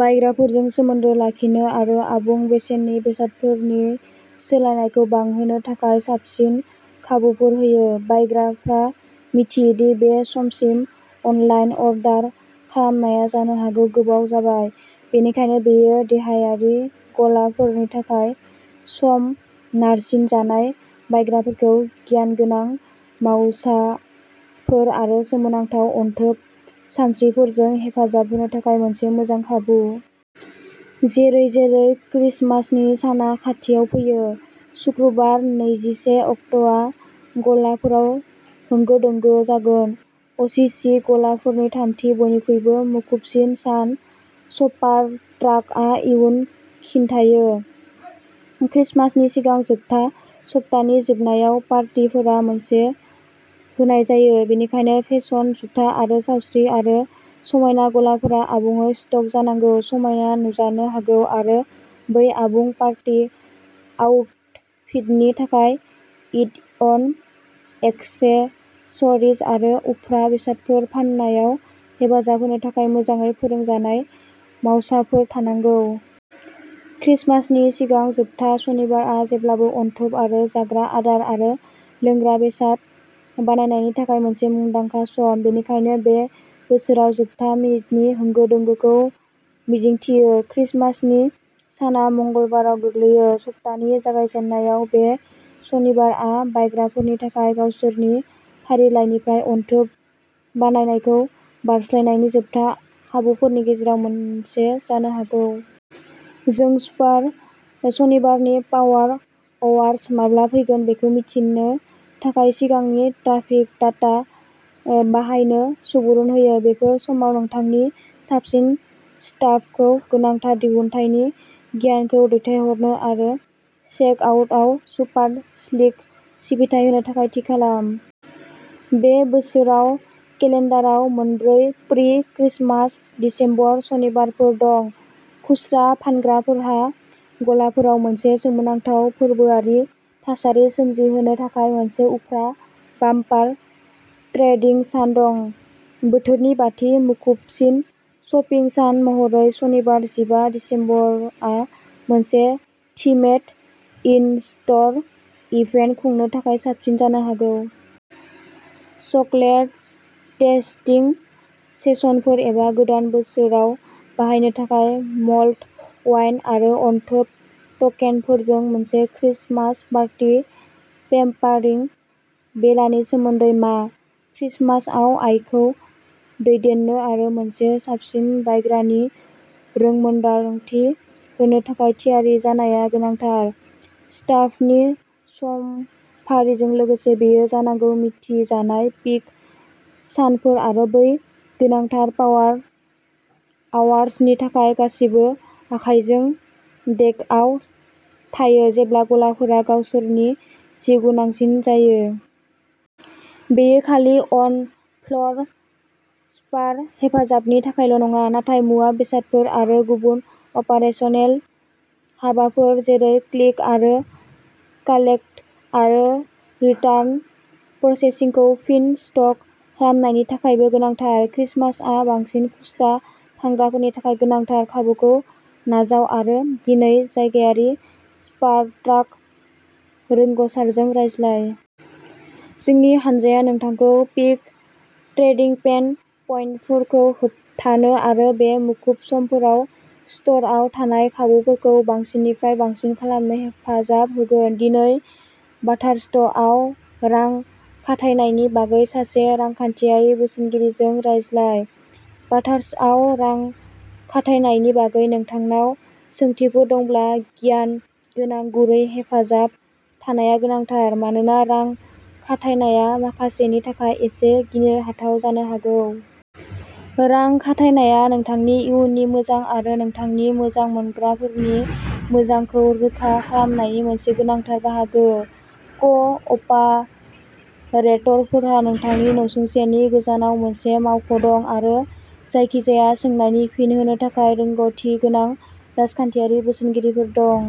बायग्राफोरजों सोमोन्दो लाखिनो आरो आबुं बेसेननि बेसादफोरनि सोलायनायखौ बांहोनो थाखाय साबसिन खाबुफोर होयो। बायग्राफ्रा मिथियो दि बे समसिम अनलाइन अर्डार खालामनाया जानो हागौ गोबाव जाबाय, बेनिखायनो बेयो देहायारि गलाफोरनि थाखाय सम-नारसिनजानाय बायग्राफोरखौ गियानगोनां मावसाफोर आरो सोमोनांथाव अनथोब सानस्रिफोरजों हेफाजाब होनो थाखाय मोनसे मोजां खाबु। जेरै-जेरै क्रिसमासनि साना खाथियाव फैयो, सुक्रुबार नैजिसे अक्ट'आ गलाफोराव होंगो-दोंगो जागोन, असिसि गलाफोरनि थामथि बयनिख्रुइबो मुखुबसिन सान शपारट्राकआ इयुन खिन्थायो। क्रिसमासनि सिगां जोबथा सप्तानि जोबनायाव पार्टीफोरा मोनसे होनाय जायो, बेनिखायनो फेसन, जुथा आरो सावस्रि आरो समायना गलाफोरा आबुङै स्टक जानांगौ, समायना नुजानो हागौ, आरो बै आबुं पार्टी आउटफिटनि थाखाय एड-अन एक्सेसरिज आरो उफ्रा बेसादफोर फाननायाव हेफाजाब होनो थाखाय मोजाङै फोरोंजानाय मावसाफोर थानांगौ। क्रिसमासनि सिगां जोबथा सनिबारआ जेब्लाबो अनथोब आरो जाग्रा आदार आरो लोंग्रा बेसाद बानायनायनि थाखाय मोनसे मुंदांखा सम, बेनिखायनो बे बोसोराव जोबथा मिनिटनि होंगो-दोंगोखौ मिजिंथियो। क्रिसमासनि साना मंगलबाराव गोग्लैयो, सप्तानि जागायजेन्नायाव बे सनिबारआ बायग्राफोरनि थाखाय गावसोरनि फारिलाइनिफ्राय अनथोब बानाययनायखौ बारस्लायनायनि जोबथा खाबुफोरनि गेजेराव मोनसे जानो हागौ। जों सुपार सनिबारनि पावार अवार्स माब्ला फैगोन बेखौ मिथिनो थाखाय सिगांनि ट्राफिक डाटा बाहायनो सुबुरुन होयो। बेफोर समाव नोंथांनि साबसिन स्टाफखौ गोनांथार दिहुनथायनि गियानखौ दैथायहरनो आरो चेक-आउटआव सुपार-स्लिक सिबिथाइ होनो थाखाय थि खालाम। बे बोसोराव, केलेन्डाराव मोनब्रै प्रि-क्रिसमास दिसेम्बर सनिबारफोर दं, खुस्रा फानग्राफोरहा गलाफोराव मोनसे सोमोनांथाव फोरबोआरि थासारि सोमजिहोनो थाखाय मोनसे उफ्रा बाम्पार ट्रेडिं सान दं। बोथोरनि बाथि मुखुबसिन शपिं सान महरै, सनिबार जिबा दिसेम्बरआ मोनसे थिमेड इन-स्ट'र इभेन्ट खुंनो थाखाय साबसिन जानो हागौ। चकलेट-टेस्टिं सेसनफोर एबा गोदान बोसोराव बाहायनो थाखाय मल्ड वाइन आरो अनथोब टकेनफोरजों मोनसे क्रिसमास पार्टी पेम्पारिं बेलानि सोमोन्दै मा? क्रिसमासआव, आयखौ दैदेननो आरो मोनसे साबसिन बायग्रानि रोंमोनदांथि होनो थाखाय थियारि जानाया गोनांथार। स्टाफनि समफारिजों लोगोसे बेयो जानांगौ मिथिजानाय पीक सानफोर आरो बै गोनांथार पावार आवार्स नि थाखाय गासैबो आखायजों डेकआव थायो जेब्ला गलाफोरा गावसोरनि जिउगोनांसिन जायो। बेयो खालि अन-फ्ल'र शपार हेफाजाबनि थाखायल' नङा, नाथाय मुवा बेसादफोर आरो गुबुन अपारेसनेल हाबाफोर जेरै क्लिक आरो कालेक्ट आरो रिटार्न प्रसेसिंखौ फिन स्टक खालामनायनि थाखायबो गोनांथार। क्रिसमासआ बांसिन खुस्रा फानग्राफोरनि थाखाय गोनांथार। खाबुखौ नाजाव आरो दिनै जायगायारि शपारट्राक रोंग'सारजों रायज्लाय। जोंनि हानजाया नोंथांखौ पीक ट्रेडिं पेन पइन्टफोरखौ होबथानो आरो बे मुखुब समफोराव स्ट'रआव थानाय खाबुफोरखौ बांसिननिफ्राय बांसिन खालामनो हेफाजाब होगोन। दिनै बाथार्स्टआव रां खाथायनायनि बागै सासे रांखान्थियारि बोसोनगिरिजों रायज्लाय! बाथार्स्टआव रां खाथायनायनि बागै नोंथांनाव सोंथिफोर दंब्ला गियानगोनां, गुरै हेफाजाब थानाया गोनांथार, मानोना रां खाथायनाया माखासेनि थाखाय एसे गिनो हाथाव जानो हागौ। रां खाथायनाया नोंथांनि इयुननि मोजां आरो नोंथांनि मोजां मोनग्राफोरनि मोजांखौ रोखा खालामनायनि मोनसे गोनांथार बाहागो। क'- अपारेटरफोरहा नोंथांनि नसुंसेनि गोजानाव मोनसे मावख' दं, आरो जायखिजाया सोंनायनि फिन होनो थाखाय रोंग'थि गोनां रांजखान्थियारि बोसोनगिरिफोर दं।